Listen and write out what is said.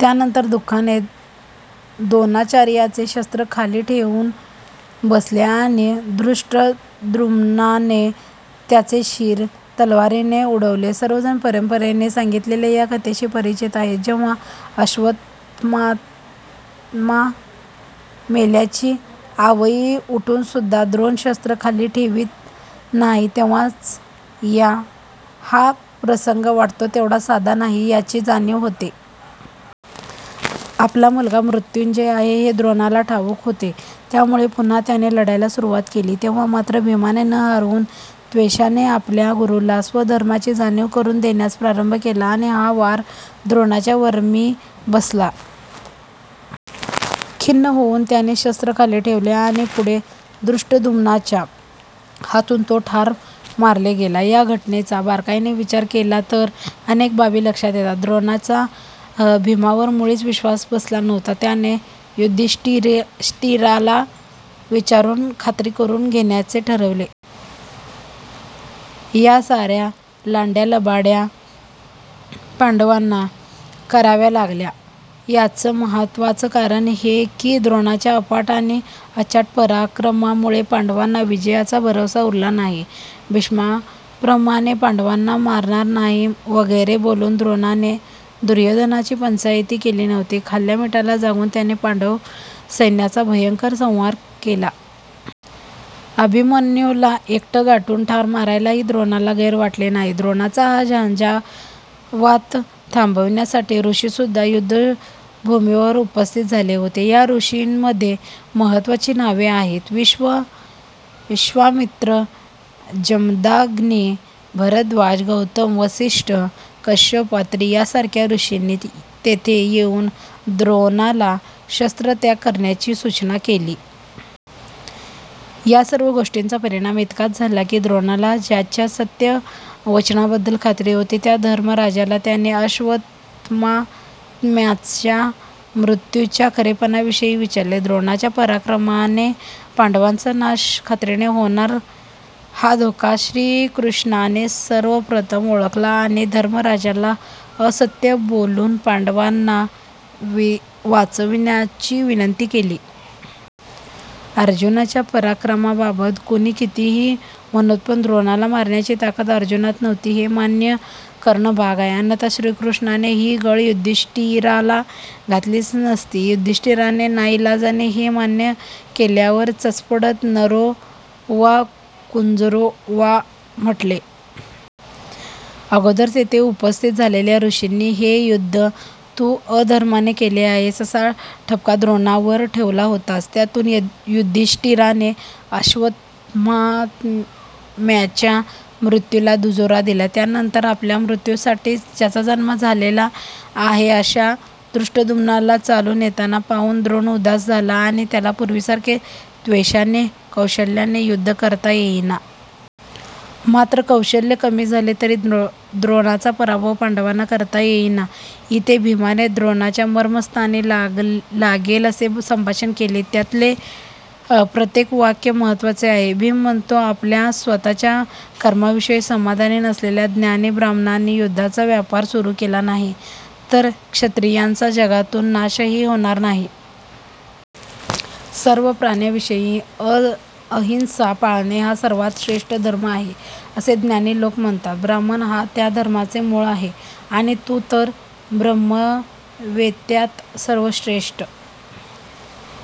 त्यानंतर दुःखाने दोणाचार्यांचे शस्त्र खाली ठेऊन बसणे. आणि धृष्ट्द्युम्नाने त्याचे शीर तलवारीने उडवणे. सर्वजण परंपरेने सांगितलेल्या या कथेशी परिचित आहेत. जेव्हा अश्वत्थामा मेल्याची आवई उठुनसुद्धा द्रोण शस्त्र खाली ठेवित नाही तेव्हाच या हा प्रसंग वाटतो तेवढा साधा नाही याची जाणीव होते. आपला मुलगा मृत्युंजय आहे हे द्रोणाला ठावुक होते. त्यामुळे पुन्हा त्याने लढायला सुरवात केली. तेव्हा मात्र भीमाने न राहवुन त्वेषाने आपल्या गुरुला स्वधर्माची जाणीव करुन देण्यास प्रारंभ केला आणि हा वार द्रोणाच्या वर्मी बसला. खिन्न होऊन त्याने शस्त्र खाली ठेवले. आणि पुढे धृष्ट्द्युम्नाच्या हातुन तो ठार मारले गेला. या घटनेचा बारकाईने विचार केला तर अनेक बाबी लक्षात येतात. द्रोणाचा भीमावर मुळीच विश्वास बसला नव्हता. त्याने युधिष्ठीराला विचारुन खात्री करुन घेण्याचे ठरवले. या सार्या लांड्यालबाड्या पांडवांना कराव्या लागल्या याचं महत्वाचं कारण हे की द्रोणाच्या अफाट आणि अचाट पराक्रमामुळे पांडवांना विजयाचा भरवसा उरला नाही. भीष्माप्रमाणे पांडवांना मारणार नाही वगैरे बोलुन द्रोणाने दुर्योधनाची पंचाईत केली नव्हती. खाल्ल्या मीठाला जागुन त्याने पांडव सैन्याचा भयंकर संहार केला. अभिमन्युला एकटं गाठुन ठार मारायलाही द्रोणाला गैर वाटले नाही. द्रोणाचा हा झंझावात थांबविण्यासाठी ऋषीसुद्धा युद्धभुमीवर उपस्थित झाले होते. या ऋषींमध्ये महत्त्वाची नावे आहेत. विश्वामित्र, जमदाग्नी, भरद्वाज, गौतम, वसिष्ठ, कश्यप, अत्री यासारख्या ऋषींनी तेथे येऊन द्रोणाला शस्त्रत्याग करण्याची सुचना केली. यासर्व गोष्टींचा परिणाम इतकाच झाला की द्रोणाला ज्याच्या सत्यवचनाबद्दल खात्री होती त्या धर्मराजाला त्याने अश्वत्थाम्याच्या मृत्युच्या खरेपणाविषयी विचारले. द्रोणाच्या पराक्रमाने पांडवांचा नाश खात्रीने होणार हा धोका श्रीकृष्णाने सर्वप्रथम ओळखला आणि धर्मराजाला असत्य बोलुन पांडवांना वाचविण्याची विनंती केली. अर्जुनाच्या पराक्रमाबाबत कुणी कितीही म्हणोत पण द्रोणाला मारण्याची ताकद अर्जुनात नव्हती हे मान्य करणं भाग आहे अन्यथा श्रीकृष्णाने ही गळ युधिष्ठीराला घातलीच नसती. युधिष्ठीराने नाईलाजाने हे मान्य केल्यावर चाचपडत नरो वा कुंजरो वा म्हटले. अगोदर तेथे उपस्थित झालेल्या ऋषींनी हे युद्द तु अधर्माने केले आहेस असा ठपका द्रोणावर ठेवला होताच. त्यातुन युधिष्ठीराने अश्वत्थाम्याच्या मृत्युला दुजोरा दिला. त्यानंतर आपल्या मृत्युसाठीच ज्याचा जन्म झालेला आहे अशा धृष्टद्युम्नाला चालुन येताना पाहुन द्रोण उदास झाला आणि त्याला पुर्वीसारखे त्वेषाने, कौशल्याने युद्ध करता येईना. मात्र कौशल्य कमी झाले तरी द्रोणाचा पराभव पांडवांना करता येईना. इथे भीमाने द्रोणाच्या मर्मस्थानी लागेल असे संभाषण केले. त्यातले प्रत्येक वाक्य महत्त्वाचे आहे. भीम म्हणतो आपल्या स्वतःच्या कर्माविषयी समाधानी नसलेल्या ज्ञानी ब्राह्मणांनी युद्धाचा व्यापार सुरु केला नाही तर क्षत्रियांचा जगातुन नाशही होणार नाही. सर्व प्राण्याविषयी अहिंसा पाळणे हा सर्वात श्रेष्ठ धर्म आहे असे ज्ञानी लोक म्हणतात. ब्राह्मण हा त्या धर्माचे मूळ आहे. आणि तु तर ब्रह्मवेत्त्यात सर्वश्रेष्ठ